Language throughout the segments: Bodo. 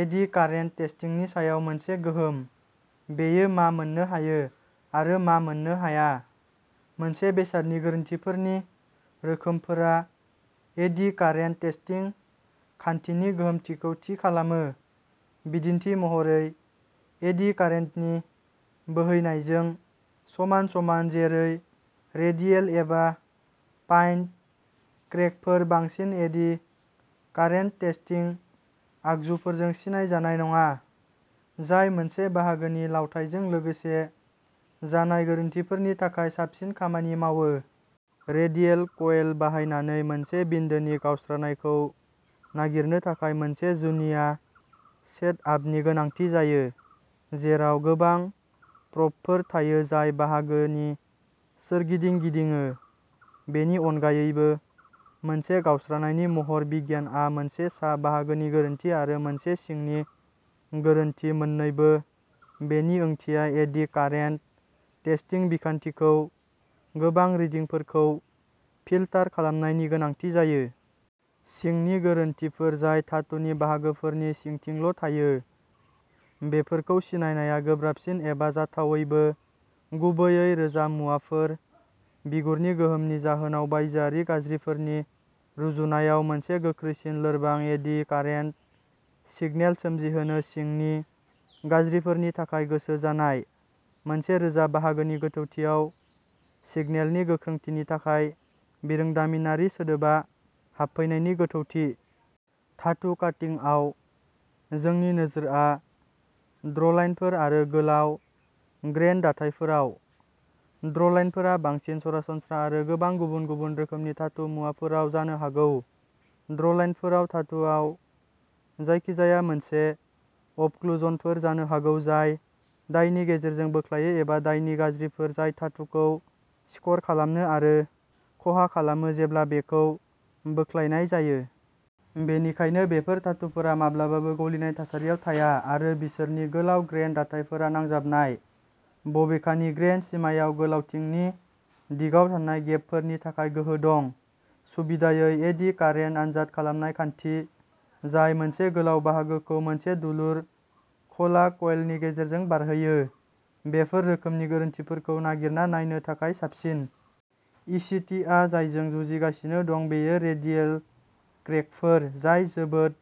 एडि कारेन्ट टेस्टिंनि सायाव मोनसे गोहोम, बेयो मा मोन्नो हायो, आरो मा मोननो हाया। मोनसे बेसादनि गोरोन्थिफोरनि रोखोमफोरा एडि कारेन्ट टेस्टिं खान्थिनि गोहोमथिखौ थि खालामो। बिदिन्थि महरै, एडि कारेन्टनि बोहैनायजों समान-समान जेरै रेडियेल एबा पाइन्ट क्रेकफोर बांसिन एडि कारेन्ट टेस्टिं आगजुफोरजों सिनाय जानाय नङा, जाय मोनसे बाहागोनि लावथाइजों लोगोसे जानाय गोरोन्थिफोरनि थाखाय साबसिन खामानि मावो। रेडियेल क'इल बाहायनानै मोनसे बिन्दोनि गावस्रानायखौ नागिरनो थाखाय मोनसे जुनिया सेटआपनि गोनांथि जायो, जेराव गोबां प्र'बफोर थायो जाय बाहागोनि सोरगिदिं गिदिङो। बेनि अनगायैबो, मोनसे गावस्रानायनि महर बिगियानआ मोनसे सा-बाहागोनि गोरोन्थि आरो मोनसे सिंनि गोरोन्थि मोन्नैबो बेनि ओंथिया एडि कारेन्ट टेस्टिं बिखान्थिखौ गोबां रिडिंफोरखौ फिल्टार खालामनायनि गोनांथि जायो। सिंनि गोरोन्थिफोर जाय धातुनि बाहागोफोरनि सिंथिंल' थायो, बेफोरखौ सिनायनाया गोब्राबसिन एबा जाथावैबो, गुबैयै रोजा मुवाफोर, बिगुरनि गोहोमनि जाहोनाव-बायजोआरि गाज्रिफोरनि रुजुनायाव मोनसे गोख्रैसिन लोरबां एडि कारेन्ट सिगनेल सोमजिहोनो सिंनि गाज्रिफोरनि थाखाय गोसो जानाय। मोनसे रोजा बाहागोनि गोथौथियाव सिगनेलनि गोख्रोंथिनि थाखाय बिरोंदामिनारि सोदोबा हाबफैनायनि गोथौथि। धातु काटिंआव, जोंनि नोजोरआ ड्र'लाइनफोर आरो गोलाव ग्रेइन दाथायफोराव। ड्र'लाइनफोरा बांसिन सरासनस्रा आरो गोबां गुबुन-गुबुन रोखोमनि धातु मुवाफोराव जानो हागौ। ड्र'लाइनफोरा धातुआव जायखिजाया मोनसे अबक्लुजनफोर जानो हागौ जाय डाइनि गेजेरजों बोख्लायो एबा डाइनि गाज्रिफोर जाय धातुखौ स्कर खालामो आरो खहा खालामो जेब्ला बेखौ बोख्लायनाय जायो। बेनिखायनो, बेफोर धातुफोरा माब्लाबाबो गलिनाय थासारियाव थाया, आरो बिसोरनि गोलाव ग्रेइन दाथायफोरा नांजाबनाय। बबेखानि, ग्रेइन सिमायाव गोलावथिंनि दिगाव थानाय गेपफोरनि थाखाय गोहो दं। सुबिदायै, एडि कारेन्ट आनजाद खालामनाय खान्थि, जाय मोनसे गोलाव बाहागोखौ मोनसे दुलुर, ख'ला क'इलनि गेजेरजों बारहोयो, बेफोर रोखोमनि गोरोन्थिफोरखौ नागिरना नायनो थाखाय साबसिन। इसिटिआ जायजों जुजिगासिनो दं बेयो रेडियेल क्रेकफोर, जाय जोबोद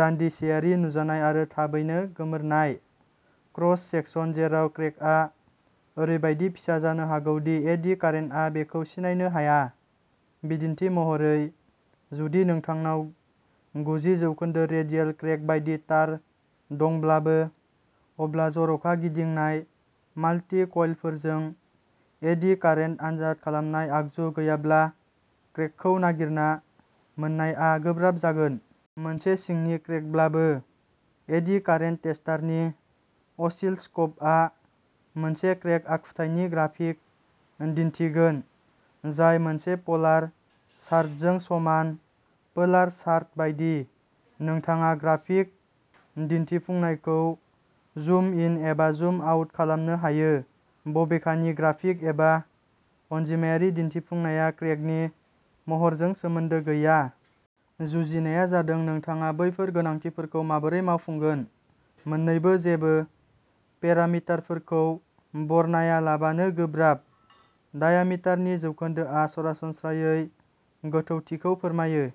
दानदिसेयारि-नुजानाय आरो थाबैनो गोमोरनाय। क्रस सेकसन जेराव क्रेकआ ओरैबायदि फिसा जानो हागौ दि एडि कारेन्टआ बेखौ सिनायनो हाया। बिदिन्थि महरै, जुदि नोंथांनाव गुजि जौखोन्दो रेडियेल क्रेक बायदि तार दंब्लाबो, अब्ला जर'खा गिदिंनाय माल्टि-क'इलफोरजों एडि कारेन्ट आनजाद खालामनाय आगजु गैयाब्ला क्रेकखौ नागिरना मोन्नायआ गोब्राब जागोन। मोनसे सिंनि क्रेकब्लाबो। एडि कारेन्ट टेस्टारनि असिलस्कपआ मोनसे क्रेक आखुथायनि ग्राफिक दिन्थिगोन, जाय मोनसे पलार चार्टजों समान पोलार चार्ट बायदि, नोंथाङा ग्राफिक दिन्थिफुंनायखौ जुम इन एबा जुम आउट खालामनो हायो। बबेखानि, ग्राफिक एबा अनजिमायारि दिन्थिफुंनाया क्रेकनि महरजों सोमोन्दो गैया। जुजिनाया जादों नोंथाङा बैफोर गोनांथिफोरखौ माबोरै मावफुंगोन? मोननैबो जेबो पेरामिटारफोरखौ बरनायालाबानो गोब्राब। डायामिटारनि जौखोन्दोआ सरासनस्रायै गोथौथिखौ फोरमायो।